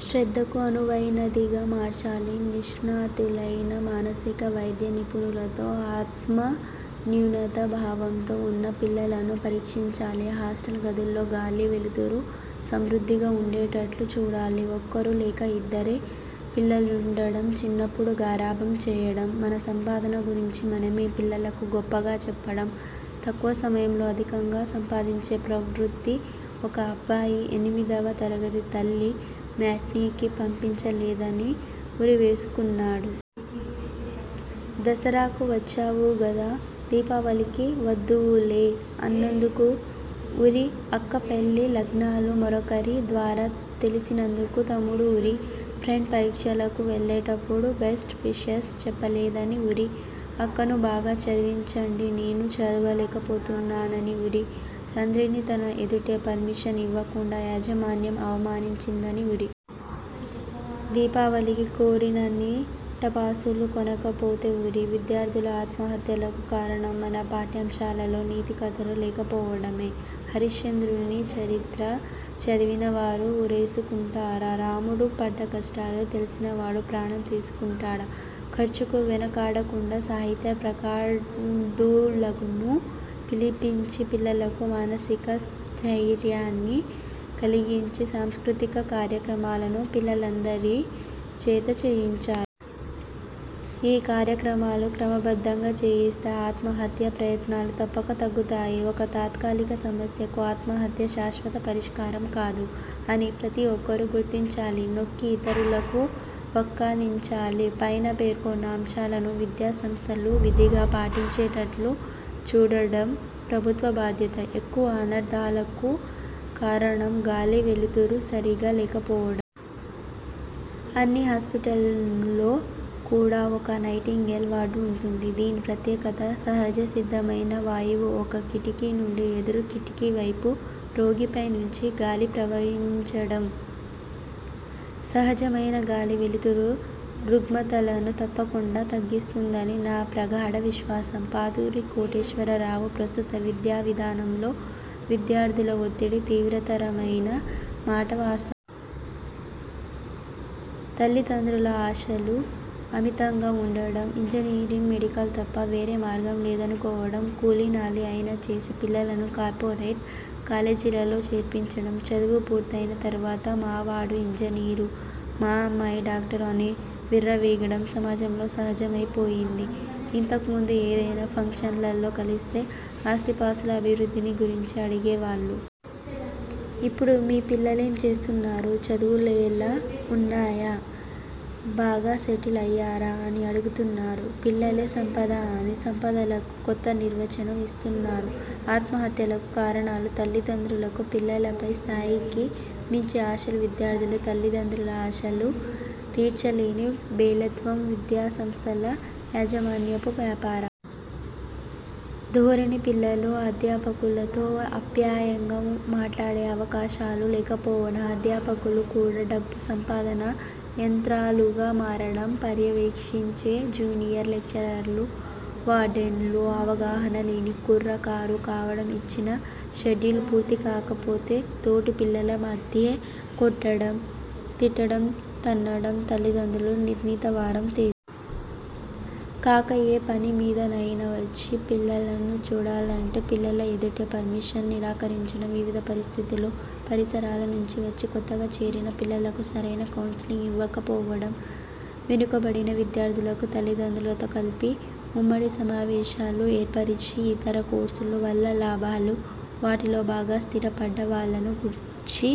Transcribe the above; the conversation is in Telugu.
శ్రద్ధకు అనువైనదిగా మార్చాలి నిష్ణాతులైన మానసిక వైద్య నిపుణులతో ఆత్మన్యూనతా భావంతో వున్న పిల్లలను పరీక్షించాలి హాస్టల్ గదుల్లో గాలి, వెలుతురు సమృద్ధిగా వుండేటట్లు చూడాలి. ఒక్కరు లేక ఇద్దరే పిల్లలుండడం, చిన్నప్పుడు గారాబం చేయడం, మన సంపాదన గురించి మనమే పిల్లలకు గొప్పగా చెప్పడం, తక్కువ సమయంలో అధికంగా సంపాదించే ప్రవృత్తి, ఒక అబ్బాయి ఎనిమిదివ తరగతి, తల్లి మ్యాట్నీకి పంపించలేదని ఉరివేసుకున్నాడు. దసరాకు వచ్చావుగదా, దీపావళికి వద్దువులే అన్నందుకు ఉరి, అక్క పెళ్లి లగ్నాలు మరొకరి ద్వారా తెలిసినందుకు తమ్ముడు ఉరి, ఫ్రెండ్ పరీక్షలకు వెళ్లేటప్పుడు బెస్ట్ విషెస్ చెప్పలేదని ఉరి. అక్కను బాగా చదవించండి నేను చదువలేకపోతున్నాని ఉరి. తండ్రిని తన ఎదుటే పర్మిషన్ ఇవ్వకుండా యాజమాన్యం అవమానించిందని ఉరి. దీపావళికి కోరినన్ని టపాసులు కొనకపోతే ఉరి. విద్యార్థుల ఆత్మహత్యలకు కారణం మన పాఠ్యాంశాలలో నీతి కథలు లేకపోవడమే. హరిశ్చంద్రుని చరిత్ర చదివినవారు ఉరేసుకుంటారా? రాముడు పడ్డ కష్టాలు తెలిసినవాడు ప్రాణం తీసుకుంటాడా? ఖర్చుకు వెనుకాడకుండా సాహిత్య ప్రకాండులను పిలిపించి పిల్లలకు మానసిక స్థైర్యాన్ని కలిగించి సాంస్కృతిక కార్యక్రమాలను పిల్లలందరి చేత చేయించా. ఈ కార్యక్రమాలు క్రమబద్ధంగా చేయిస్తే ఆత్మహత్యా ప్రయత్నాలు తప్పక తగ్గుతాయి. 'ఒక తాత్కాలిక సమస్యకు ఆత్మహత్య శాశ్వత పరిష్కారం కాదు' అని ప్రతి ఒక్కరూ గుర్తించాలి, నొక్కి ఇతరులకు వక్కాణించాలి. పైన పేర్కొన్న అంశాలను విద్యా సంస్థలు విధిగా పాటించేటట్లు చూడడం ప్రభుత్వ బాధ్యత. ఎక్కువ అనర్థాలకు కారణం గాలి వెలుతురు సరిగా లేకపోవడ. అన్ని హస్పిటల్స్లో కూడా ఒక నైటింగేల్ వార్డు వుంటుంది. దీని ప్రత్యేకత సహజసిద్ధమైన వాయువు ఒక కిటికీ నుండి ఎదురు కిటికీ వైపు రోగిపై నుంచి గాలి ప్రవహించడం. సహజమైన గాలి, వెలుతురు రుగ్మతలను తప్పకుండా తగ్గిస్తుందని నా ప్రగాఢ విశ్వాసం. పాతూరి కోటేశ్వరరావు ప్రస్తుత విద్యావిధానంలో విద్యార్థుల ఒత్తిడి తీవ్రతరమైన మాట వాస్త. తల్లిదండ్రుల ఆశలు అమితంగా వుండడం, ఇంజనీరింగ్, మెడికల్ తప్ప వేరే మార్గం లేదనుకోవడం, కూలీనాలీ అయినా చేసి పిల్లలను కార్పోరేట్ కాలేజీలలో చేర్పించడం, చదువు పూర్తైన తరువాత మావాడు ఇంజనీరు, మా అమ్మాయి డాక్టరు అని విర్రవీగడం సమాజంలో సహజమైపోయింది. ఇంతకు ముందు ఏదైనా ఫంక్షన్లలో కలిస్తే ఆస్తిపాస్తుల అభివృద్ధిని గురించి అడిగేవాళ్ళు. ఇప్పుడు మీ పిల్లలేం చేస్తున్నారు? చదువులెలా వున్నాయా? బాగా సెటిల్ అయ్యారా? అని అడుగుతున్నారు. పిల్లలే సంపద అని సంపదలకు కొత్త నిర్వచనం ఇస్తున్నారు. ఆత్మహత్యలకు కారణాలు తల్లిదండ్రులకు పిల్లలపై స్ధాయికి మించి ఆశలు విద్యార్థులు తల్లిదండ్రుల ఆశలు తీర్చలేని బేలత్వం విద్యాసంస్థల యాజమాన్యపు వ్యాపార ధోరణి పిల్లలు అధ్యాపకులతో అప్యాయంగా మాట్లాడే అవకాశాలు లేకపోవడం అధ్యాపకులు కూడా డబ్బు సంపాదన యంత్రాలుగా మారడం పర్యవేక్షించే జూనియర్ లెక్చరర్లు, వార్డెన్లు అవగాహన లేని కుర్రకారు కావడం ఇచ్చిన షెడ్యూల్ పూర్తికాకపోతే తోటిపిల్లల మధ్యే కొట్టడం, తిట్టడం, తన్నడం తల్లిదండ్రులు నిర్ణీత వారం, తేదీ కాక ఏ పని మీదనైనా వచ్చి పిల్లలనుచూడాలంటే పిల్లల ఎదుటే పర్మిషన్ నిరాకరించడం వివిధ పరిస్ధితులు, పరిసరాల నుంచి వచ్చి కొత్తగా చేరిన పిల్లలకు సరైన కౌన్సిలింగ్ ఇవ్వకపోడవం వెనుకబడిన విద్యార్థులకు తల్లిదండ్రులతో కలిపి ఉమ్మడి సమావేశాలు ఏర్పరిచి, ఇతర కోర్సులు వల్ల లాభాలు, వాటిలో బాగా స్థిరపడ్డ వాళ్లను గూర్చి